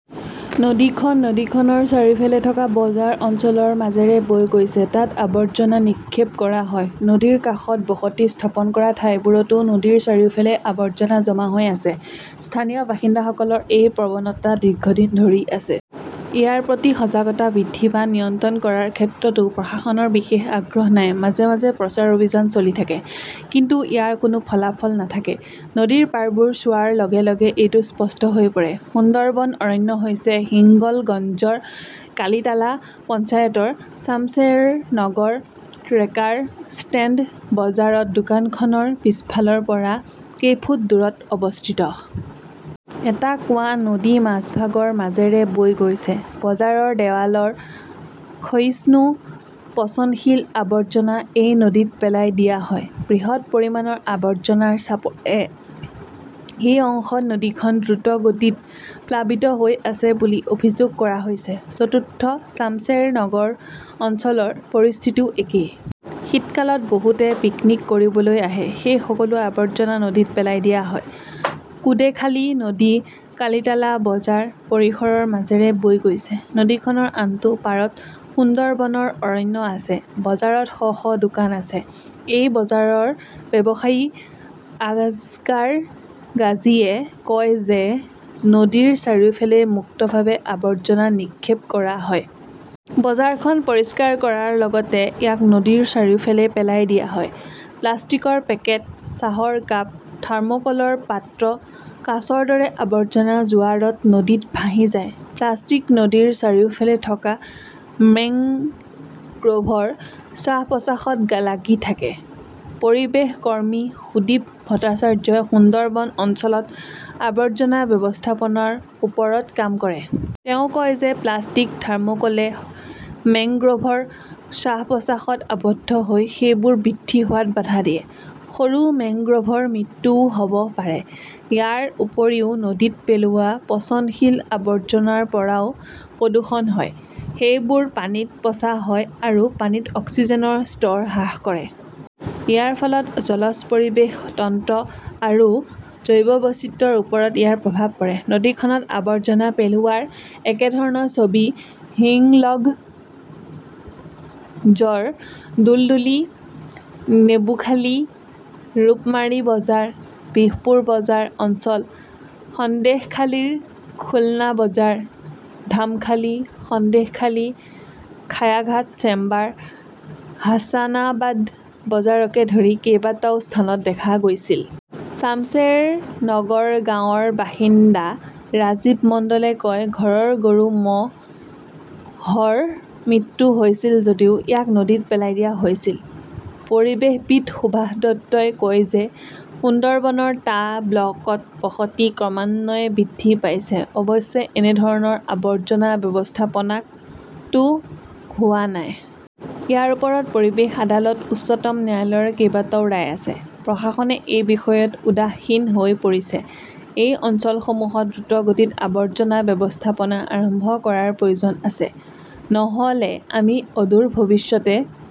নদীখন নদীখনৰ চাৰিওফালে থকা বজাৰ অঞ্চলৰ মাজেৰে বৈ গৈছে। তাত আৱৰ্জনা নিক্ষেপ কৰা হয়। নদীৰ কাষত বসতি স্থাপন কৰা ঠাইবোৰতো নদীৰ চাৰিওফালে আৱৰ্জনা জমা হৈ আছে। স্থানীয় বাসিন্দাসকলৰ এই প্ৰৱণতা দীৰ্ঘদিন ধৰি আছে। ইয়াৰ প্ৰতি সজাগতা বৃদ্ধি বা নিয়ন্ত্ৰণ কৰাৰ ক্ষেত্ৰতো প্ৰশাসনৰ বিশেষ আগ্ৰহ নাই। মাজে মাজে প্ৰচাৰ অভিযান চলি থাকে, কিন্তু ইয়াৰ কোনো ফলাফল নাথাকে, নদীৰ পাৰবোৰ চোৱাৰ লগে লগে এইটো স্পষ্ট হৈ পৰে। সুন্দৰবন অৰণ্য হৈছে হিংগলগঞ্জৰ কালিটালা পঞ্চায়তৰ চামচেৰনগৰ ট্ৰেকাৰ ষ্টেণ্ড বজাৰত দোকানখনৰ পিছফালৰ পৰা কেই ফুট দূৰত অৱস্থিত। এটা কুঁৱা নদী মাজভাগৰ মাজেৰে বৈ গৈছে। বজাৰৰ দেৱালৰ ক্ষয়িষ্ণু, পচনশীল আৱৰ্জনা এই নদীত পেলাই দিয়া হয়। বৃহৎ পৰিমাণৰ আৱৰ্জনাৰ চাপেৰে এই অংশত নদীখন দ্ৰুতগতিত প্লাবিত হৈ আছে বুলি অভিযোগ কৰা হৈছে। চতুৰ্থ চামচেৰনগৰ অঞ্চলৰ পৰিস্থিতিও একেই। শীতকালত বহুতে পিকনিক কৰিবলৈ আহে। সেই সকলো আৱৰ্জনা নদীত পেলাই দিয়া হয়। কুঁডেখালী নদী কালিটালা বজাৰ পৰিসৰৰ মাজেৰে বৈ গৈছে। নদীখনৰ আনটো পাৰত সুন্দৰবনৰ অৰণ্য আছে। বজাৰত শ শ দোকান আছে। এই বজাৰৰ ব্যৱসায়ী আজগাৰ গাজীয়ে কয় যে নদীৰ চাৰিওফালে মুক্তভাৱে আবৰ্জনা নিক্ষেপ কৰা হয়। বজাৰখন পৰিষ্কাৰ কৰাৰ লগতে ইয়াক নদীৰ চাৰিওফালে পেলাই দিয়া হয়। প্লাষ্টিকৰ পেকেট, চাহৰ কাপ, থৰ্মোকলৰ পাত্ৰ-কাঁচৰ দৰে আৱৰ্জনা জোৱাৰত নদীত ভাহি যায়। প্লাষ্টিক নদীৰ চাৰিওফালে থকা মেংগ্ৰোভৰ শ্বাস-প্ৰশ্বাসত লাগি থাকে। পৰিৱেশ কৰ্মী সুদীপ ভট্টাচাৰ্যই সুন্দৰবন অঞ্চলত আৱৰ্জনা ব্যৱস্থাপনাৰ ওপৰত কাম কৰে। তেওঁ কয় যে প্লাষ্টিক, থাৰ্মোকোলে মেংগ্ৰোভৰ শ্বাস-প্ৰশ্বাসত আবদ্ধ হৈ সেইবোৰ বৃদ্ধি হোৱাত বাধা দিয়ে। সৰু মেংগ্ৰোভৰ মৃত্যুও হ "ব পাৰে। ইয়াৰ উপৰিও, নদীত পেলোৱা পচনশীল আৱৰ্জনাৰ পৰাও প্ৰদূষণ হয়। সেইবোৰ পানীত পচা হয় আৰু পানীত অক্সিজেনৰ স্তৰ হ্ৰাস কৰে। ইয়াৰ ফলত জলজ পৰিৱেশ তন্ত্ৰ আৰু জৈৱ বৈচিত্ৰ্যৰ ওপৰত ইয়াৰ প্ৰভাৱ পৰে। নদীখনত আৱৰ্জনা পেলোৱাৰ একেধৰণৰ ছবি হিংলগঞ্জৰ দুলদুলি, নেবুখালী, ৰূপমাৰী বজাৰ, বিশপুৰ বজাৰ অঞ্চল, সন্দেশখালীৰ খুলনা বজাৰ, ধামখালী, সন্দেশখালী খায়াঘাট চেম্বাৰ, হাছানাবাদ বজাৰকে ধৰি কেইবাটাও স্থানত দেখা গৈছিল। চামচেৰনগৰ গাঁৱৰ বাসিন্দা ৰাজীৱ মণ্ডলে কয়, "ঘৰৰ গৰু-ম" হৰ মৃত্যু হৈছিল যদিও ইয়াক নদীত পেলাই দিয়া হৈছিল। "পৰিৱেশবিদ সুভাষ দত্তই কয় যে সুন্দৰবনৰ টা ব্লকত বসতি ক্ৰমান্বয়ে বৃদ্ধি পাইছে। অৱশ্যে, এনে ধৰণৰ আৱৰ্জনা ব্যৱস্থাপনা ক "তো হোৱা নাই। ইয়াৰ ওপৰত পৰিৱেশ আদালত, উচ্চতম ন্যায়ালয়ৰ কেইবাটাও ৰায় আছে। প্ৰশাসনে এই বিষয়ত উদাসীন হৈ পৰিছে। "এই অঞ্চলসমূহত দ্ৰুতগতিত আৱৰ্জনা ব্যৱস্থাপনা আৰম্ভ কৰাৰ প্ৰয়োজন আছে। নহ "লে আমি অদূৰ ভৱিষ্যতে